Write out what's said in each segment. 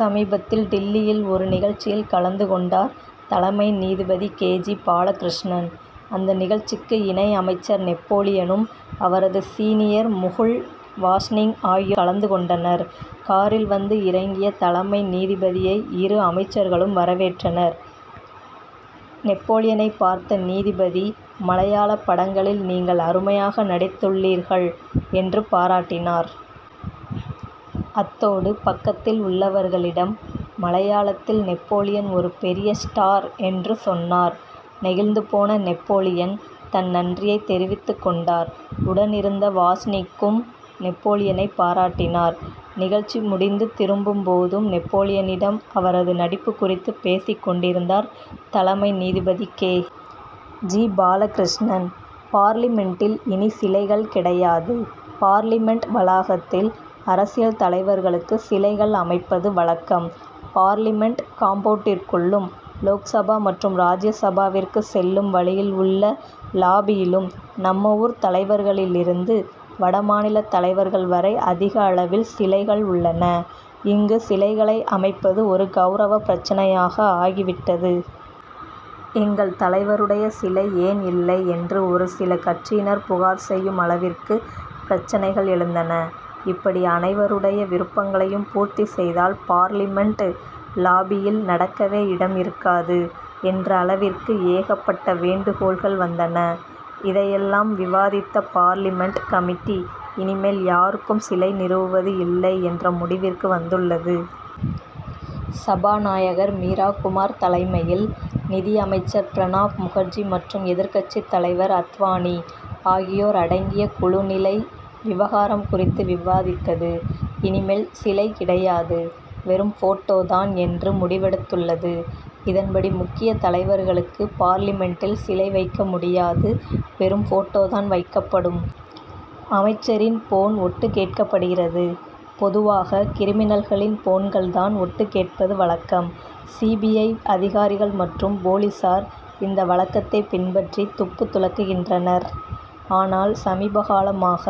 சமீபத்தில் டில்லியில் ஒரு நிகழ்ச்சியில் கலந்து கொண்டார் தலைமை நீதிபதி கே. ஜி. பாலகிருஷ்ணன். அந்த நிகழ்ச்சிக்கு இணை அமைச்சர் நெப்போலியனும், அவரது சீனியர் முகுல் வாஸ்னிக் ஆகியோர் கலந்து கொண்டனர். காரில் வந்து இறங்கிய தலைமை நீதிபதியை இரு அமைச்சர்களும் வரவேற்றனர். நெப்போலியனைப் பார்த்த நீதிபதி, மலையாளப் படங்களில் நீங்கள் அருமையாக நடித்துள்ளீர்கள் என்று பாராட்டினார். அத்தோடு பக்கத்தில் உள்ளவர்களிடம் மலையாளத்தில் நெப்போலியன் ஒரு பெரிய ஸ்டார் என்று சொன்னார். நெகிழ்ந்து போன நெப்போலியன், தன் நன்றியைத் தெரிவித்துக் கொண்டார். உடன் இருந்த வாஸ்னிக்கும் நெப்போலியனைப் பாராட்டினார். நிகழ்ச்சி முடிந்து திரும்பும் போதும் நெப்போலியனிடம் அவரது நடிப்பு குறித்து பேசிக் கொண்டிருந்தார் தலைமை நீதிபதி கே. ஜி. பாலகிருஷ்ணன். பார்லிமென்ட்டில் இனி சிலைகள் கிடையாதுபார்லிமென்ட் வளாகத்தில் அரசியல் தலைவர்களுக்கு சிலைகள் அமைப்பது வழக்கம். பார்லிமென்ட் காம்பவுன்டிற்குள்ளும், லோக்சபா மற்றும் ராஜ்ய சபாவிற்கு செல்லும் வழியில் உள்ள லாபியிலும் நம்ம ஊர் தலைவர்களிலிருந்து வடமாநில தலைவர்கள் வரை அதிக அளவில் சிலைகள் உள்ளன. இங்கு சிலைகளை அமைப்பது ஒரு கவுரவப் பிரச்னையாக ஆகிவிட்டது. எங்கள் தலைவருடைய சிலை ஏன் இல்லை' என்று ஒரு சில கட்சியினர் புகார் செய்யும் அளவிற்கு பிரச்னைகள் எழுந்தன. இப்படி அனைவருடைய விருப்பங்களையும் பூர்த்தி செய்தால், பார்லிமென்ட் லாபியில் நடக்கவே இடம் இருக்காது என்ற அளவிற்கு ஏகப்பட்ட வேண்டுகோள்கள் வந்தன. இதையெல்லாம் விவாதித்த பார்லிமென்ட் கமிட்டி, இனிமேல் யாருக்குமே சிலை நிறுவுவது இல்லை என்ற முடிவிற்கு வந்துள்ளது. சபாநாயகர் மீரா குமார் தலைமையில், நிதியமைச்சர் பிரணாப் முகர்ஜி மற்றும் எதிர்க்கட்சித் தலைவர் அத்வானி ஆகியோர் அடங்கிய குழு நிலை விவகாரம் குறித்து விவாதித்தது. இனிமேல் சிலை கிடையாது, வெறும் போட்டோ தான்' என்று முடிவெடுத்துள்ளது. இதன்படி, முக்கிய தலைவர்களுக்கு பார்லிமென்ட்டில் சிலை வைக்க முடியாது, வெறும் போட்டோ தான் வைக்கப்படும். அமைச்சரின் போன் ஒட்டுக் கேட்கப்படுகிறது? பொதுவாக கிரிமினல்களின் போன்கள் தான் ஒட்டுக் கேட்பது வழக்கம். சி. பி. ஐ. அதிகாரிகள் மற்றும் போலீசார் இந்த வழக்கத்தைப் பின்பற்றி துப்பு துலக்குகின்றனர். ஆனால், சமீபகாலமாக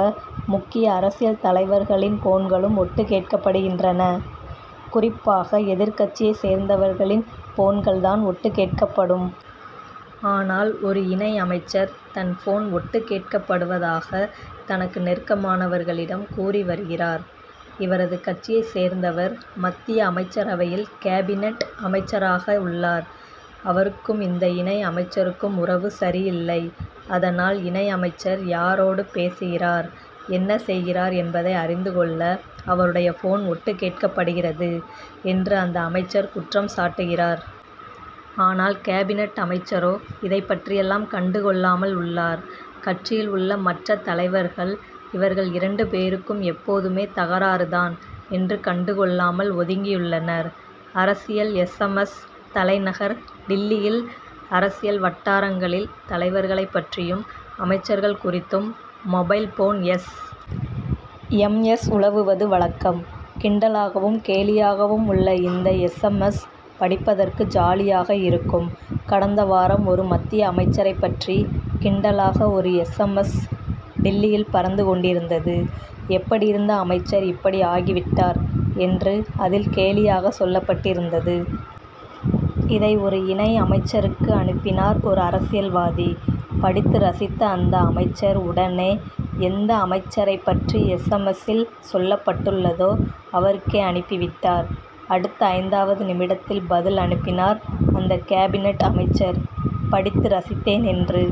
முக்கிய அரசியல் தலைவர்களின் போன்களும் ஒட்டுக் கேட்கப்படுகின்றன. குறிப்பாக, எதிர்க்கட்சியைச் சேர்ந்தவர்களின் போன்கள் தான் ஒட்டுக் கேட்கப்படும். ஆனால், ஒரு இணை அமைச்சர், தன் போன் ஒட்டுக் கேட்கப்படுவதாக தனக்கு நெருக்கமானவர்களிடம் கூறி வருகிறார். இவரது கட்சியைச் சேர்ந்தவர் மத்திய அமைச்சரவையில் கேபினட் அமைச்சராக உள்ளார். அவருக்கும் இந்த இணை அமைச்சருக்கும் உறவு சரியில்லை. அதனால், இணை அமைச்சர் யாரோடு பேசுகிறார்? என்ன செய்கிறார் என்பதை அறிந்து கொள்ள அவருடைய போன் ஒட்டுக் கேட்கப்படுகிறது என்று அந்த அமைச்சர் குற்றம் சாட்டுகிறார். ஆனால், கேபினட் அமைச்சரோ இதைப் பற்றியெல்லாம் கண்டு கொள்ளாமல் உள்ளார். கட்சியில் உள்ள மற்ற தலைவர்கள், இவர்கள் இரண்டு பேருக்கும் எப்போதுமே தகராறு தான் என்று கண்டுகொள்ளாமல் ஒதுங்கியுள்ளனர். அரசியல் எஸ். எம். எஸ்.,தலைநகர் டில்லியில் அரசியல் வட்டாரங்களில் தலைவர்களைப் பற்றியும் அமைச்சர்கள் குறித்தும் mobile phone S. M. S., உலவுவது வழக்கம். கிண்டலாகவும், கேலியாகவும் உள்ள இந்த எஸ். எம். எஸ்., படிப்பதற்கு ஜாலியாக இருக்கும். கடந்த வாரம் ஒரு மத்திய அமைச்சரைப் பற்றி கிண்டலாக ஒரு எஸ். எம். எஸ்., டில்லியில் பறந்து கொண்டிருந்தது. எப்படியிருந்த அமைச்சர் இப்படி ஆகிவிட்டார் என்று அதில் கேலியாக சொல்லப்பட்டிருந்தது. இதை ஒரு இணை அமைச்சருக்கு அனுப்பினார் ஒரு அரசியல்வாதி. படித்து ரசித்த அந்த அமைச்சர் உடனே, எந்த அமைச்சரைப் பற்றி எஸ். எம். எஸ்.,சில் சொல்லப்பட்டுள்ளதோ அவருக்கே அனுப்பிவிட்டார். அடுத்து ஐந்தாவது நிமிடத்தில் பதில் அனுப்பினார் அந்த கேபினட் அமைச்சர், படித்து ரசித்தேன் என்று.